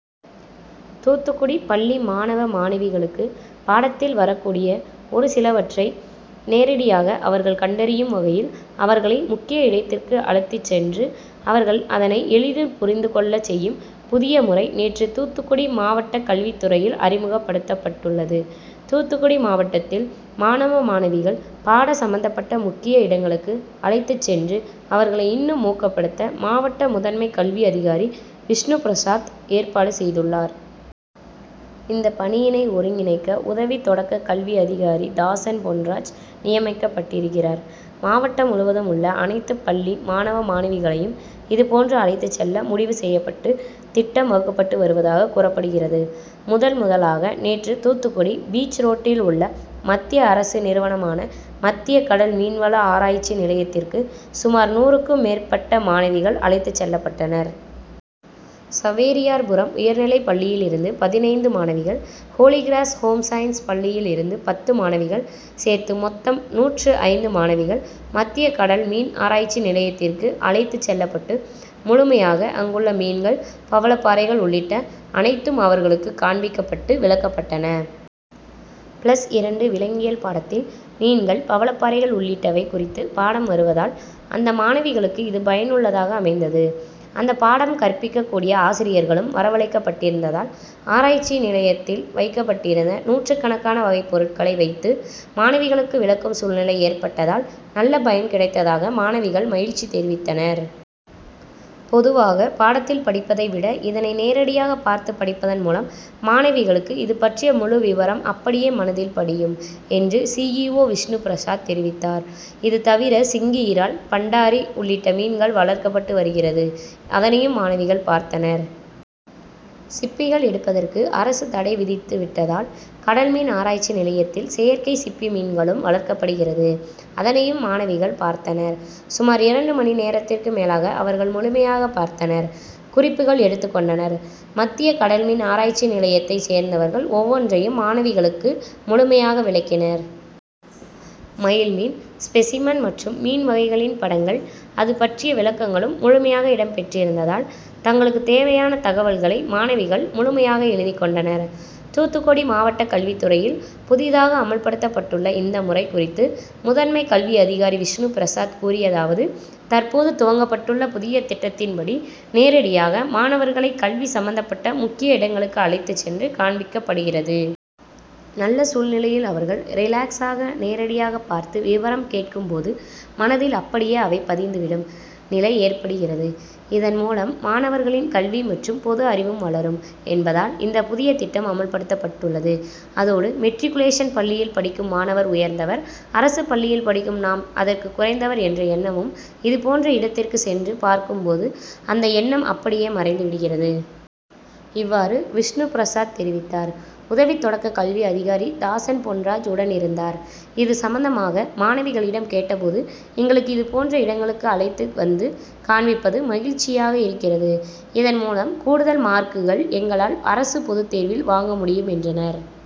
தூத்துக்குடி பள்ளி மாணவ, மாணவிகளுக்கு பாடத்தில் வரக் கூடிய ஒரு சிலவற்றை நேரடியாக அவர்கள் கண்டறியும் வகையில் அவர்களை முக்கிய இடத்திற்கு அழைத்து சென்று அவர்கள் அதனை எளிதில் புரிந்து கொள்ள செய்யும் புதிய முறை நேற்று தூத்துக்குடி மாவட்ட கல்வித்துறையில் அறிமுகப்படுத்தப்பட்டுள்ளது. தூத்துக்குடி மாவட்டத்தில் மாணவ, மாணவிகள் பாட சம்பந்தபட்ட முக்கிய இடங்களுக்கு அழைத்து சென்று அவர்களை இன்னும் ஊக்கப்படுத்த மாவட்ட முதன்மை கல்வி அதிகாரி விஷ்ணுபிரசாத் ஏற்பாடு செய்துள்ளார். இந்த பணியினை ஒருங்கிணைக்க உதவி தொடக்க கல்வி அதிகாரி தாசன் பொன்ராஜ் நியமிக்கப்பட்டிருக்கிறார். மாவட்டம் முழுவதும் உள்ள அனைத்து பள்ளி மாணவ, மாணவிகளையும் இது போன்று அழைத்து செல்ல முடிவு செய்யப்பட்டு திட்டம் வகுக்கப்பட்டு வருவதாக கூறப்படுகிறது. முதல், முதலாக நேற்று தூத்துக்குடி பீச் ரோட்டில் உள்ள மத்திய அரசு நிறுவனமான மத்திய கடல் மீன்வள ஆராய்ச்சி நிலையத்திற்கு சுமார் நூறுக்கும் மேற்பட்ட மாணவிகள் அழைத்து செல்லப்பட்டனர். சவேரியார்புரம் உயர்நிலைப் பள்ளியில் இருந்து பதினைந்து மாணவிகள், ஹோலிகிராஸ் ஹோம் சயின்ஸ் பள்ளியில் இருந்து பத்து மாணவிகள் சேர்த்து மொத்தம் நூற்று ஐந்து மாணவிகள் மத்திய கடல் மீன் ஆராய்ச்சி நிலையத்திற்கு அழைத்து செல்லப்பட்டு முழுமையாக அங்குள்ள மீன்கள், பவளப்பாறைகள் உள்ளிட்ட அனைத்தும் அவர்களுக்கு காண்பிக்கப்பட்டு விளக்கப்பட்டன. பிளஸ் இரண்டு விலங்கியல் பாடத்தில் மீன்கள், பவளப்பாறைகள் உள்ளிட்டவை குறித்து பாடம் வருவதால் அந்த மாணவிகளுக்கு இது பயனுள்ளதாக அமைந்தது. அந்த பாடம் கற்பிக்க கூடிய ஆசிரியர்களும் வரவழைக்கப்பட்டிருந்ததால் ஆராய்ச்சி நிலையத்தில் வைக்கப்பட்டிருந்த நூற்றுக்கணக்கான வகை பொருட்களை வைத்து மாணவிகளுக்கு விளக்கும் சூழ்நிலை ஏற்பட்டதால் நல்ல பயன் கிடைத்ததாக மாணவிகள் மகிழ்ச்சி தெரிவித்தனர். பொதுவாக பாடத்தில் படிப்பதை விட இதனை நேரடியாக பார்த்து படிப்பதன் மூலம் மாணவிகளுக்கு இது பற்றிய முழு விபரம் அப்படியே மனதில் படியும் என்று சி. இ. ஓ விஷ்ணுபிரசாத் தெரிவித்தார். இது தவிர சிங்கி இரால், பண்டாரி உள்ளிட்ட மீன்கள் வளர்க்கப்பட்டு வருகிறது. அதனையும் மாணவிகள் பார்த்தனர். சிப்பிகள் எடுப்பதற்கு அரசு தடை விதித்து விட்டதால் கடல் மீன் ஆராய்ச்சி நிலையத்தில் செயற்கை சிப்பி மீன்களும் வளர்க்கப்படுகிறது. அதனையும் மாணவிகள் பார்த்தனர். சுமார் இரண்டு மணி நேரத்திற்கு மேலாக அவர்கள் முழுமையாக பார்த்தனர். குறிப்புகள் எடுத்து கொண்டனர். மத்திய கடல்மீன் ஆராய்ச்சி நிலையத்தை சேர்ந்தவர்கள் ஒவ்வொன்றையும் மாணவிகளுக்கு முழுமையாக விளக்கினர். மயில் மீன் ஸ்பெசிமன் மற்றும் மீன் வகைகளின் படங்கள், அது பற்றிய விளக்கங்களும் முழுமையாக இடம் பெற்றிருந்ததால் தங்களுக்கு தேவையான தகவல்களை மாணவிகள் முழுமையாக எழுதிக் கொண்டனர். தூத்துக்குடி மாவட்ட கல்வித்துறையில் புதியதாக அமல்படுத்தப்பட்டுள்ள இந்த முறை குறித்து முதன்மை கல்வி அதிகாரி விஷ்ணுபிரசாத் கூறியதாவது தற்போது துவக்கப்பட்டுள்ள புதிய திட்டத்தின்படி நேரடியாக மாணவர்களை கல்வி சம்பந்தப்பட்ட முக்கிய இடங்களுக்கு அழைத்து சென்று காண்பிக்கப்படுகிறது. நல்ல சூழலில் அவர்கள் ரிலாக்ஸ் ஆக நேரடியாக பார்த்து விபரம் கேட்கும் போது மனதில் அப்படியே அவை பதிந்து விடும் நிலை ஏற்படுகிறது. இதன் மூலம் மாணவர்களின் கல்வி மற்றும் பொது அறிவும் வளரும் என்பதால் இந்த புதிய திட்டம் அமல்படுத்தப்பட்டுள்ளது. அதோடு மெட்ரிக்குலேஷன் பள்ளியில் படிக்கும் மாணவர் உயர்ந்தவர், அரசு பள்ளியில் படிக்கும் நாம் அதற்கு குறைந்தவர் என்ற எண்ணமும் இதுபோன்ற இடத்திற்கு சென்று பார்க்கும் போது அந்த எண்ணம் அப்படியே மறைந்து விடுகிறது. இவ்வாறு விஷ்ணுபிரசாத் தெரிவித்தார். உதவி தொடக்க கல்வி அதிகாரி தாசன் பொன்ராஜ் உடனிருந்தார். இது சம்பந்தமாக மாணவிகளிடம் கேட்ட போது, எங்களுக்கு இது போன்ற இடங்களுக்கு அழைத்து வந்து காண்பிப்பது மகிழ்ச்சியாக இருக்கிறது. இதன் மூலம் கூடுதல் மார்க்குகள் எங்களால் அரசு பொது தேர்வில் வாங்க முடியும் என்றனர்.